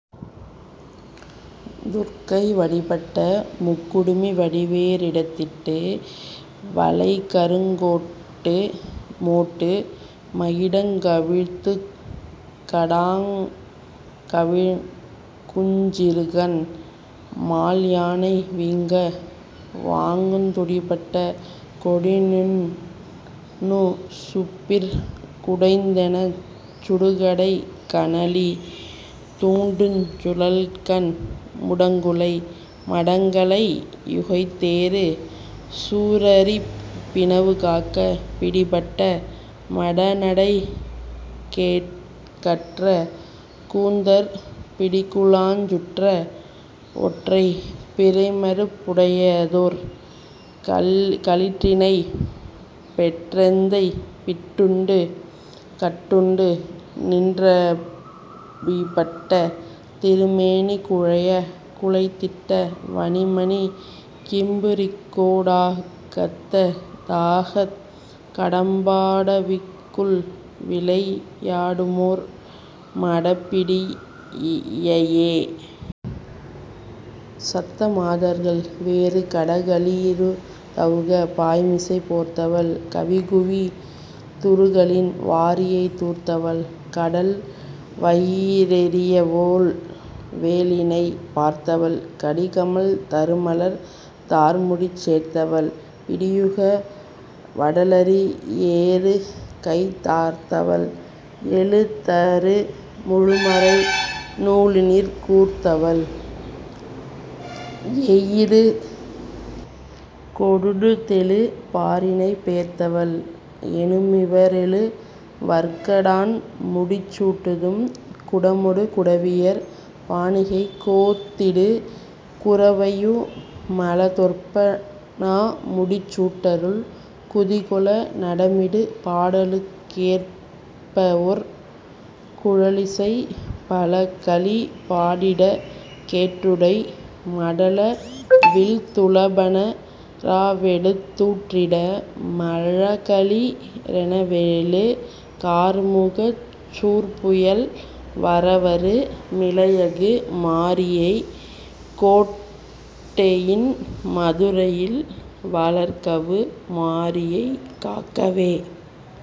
துர்க்கை வடிபட்ட முக்குடுமி வடிவே றிரித்திட்டு வளைகருங் கோட்டு மோட்டு மகிடங் கவிழ்த்துக் கடாங்கவிழ்க் குஞ்சிறுகண் மால்யானை வீங்க வாங்குந் துடிபட்ட கொடிநுண் ணுசுப்பிற் குடைந்தெனச் சுடுகடைக் கனலி தூண்டுஞ் சுழல்கண் முடங்குளை மடங்கலை யுகைத்தேறு சூரரிப் பிணவு காக்க பிடிபட்ட மடநடைக் கேக்கற்ற கூந்தற் பிடிக்குழாஞ் சுற்ற வொற்றைப் பிறைமருப் புடையதொர் களிற்றினைப் பெற்றெந்தை பிட்டுண்டு கட்டுண்டு நின் றடிபட்ட திருமேனி குழையக் குழைத்திட்ட வணிமணிக் கிம்பு ரிக்கோ டாகத்த தாகக் கடம்பா டவிக்குள் விளை யாடுமொர் மடப்பிடி யையே. சத்த மாதர்கள் வேறு கடகளி றுதவுக பாய்மிசைப் போர்த்தவள் கவிகுவி துறுகலின் வாரியைத் தூர்த்தவள் கடல்வயி றெரியவொள் வேலினைப் பார்த்தவள் கடிகமழ் தருமலர் தார்முடிச் சேர்த்தவள் இடியுக வடலரி யேறுகைத் தார்த்தவள் எழுதரு முழுமறை நூலினிற் கூர்த்தவள் எயிறுகொ டுழுதெழு பாரினைப் பேர்த்தவள் எனுமிவ ரெழுவர்க டாண்முடிச் சூட்டுதும் குடமொடு குடவியர் பாணிகைக் கோத்திடு குரவையு மலதொர்ப ணாமுடிச் சூட்டருள் குதிகொள நடமிடு பாடலுக் கேற்பவொர் குழலிசை பழகளி பாடிடக் கேட்டுடை மடலவிழ் துளபந றாவெடுத் தூற்றிட மழகளி றெனவெழு கார்முகச் சூற்புயல் வரவரு மிளையகு மாரியைக் கோட்டெயின் மதுரையில் வளர்கவு மாரியைக் காக்கவே.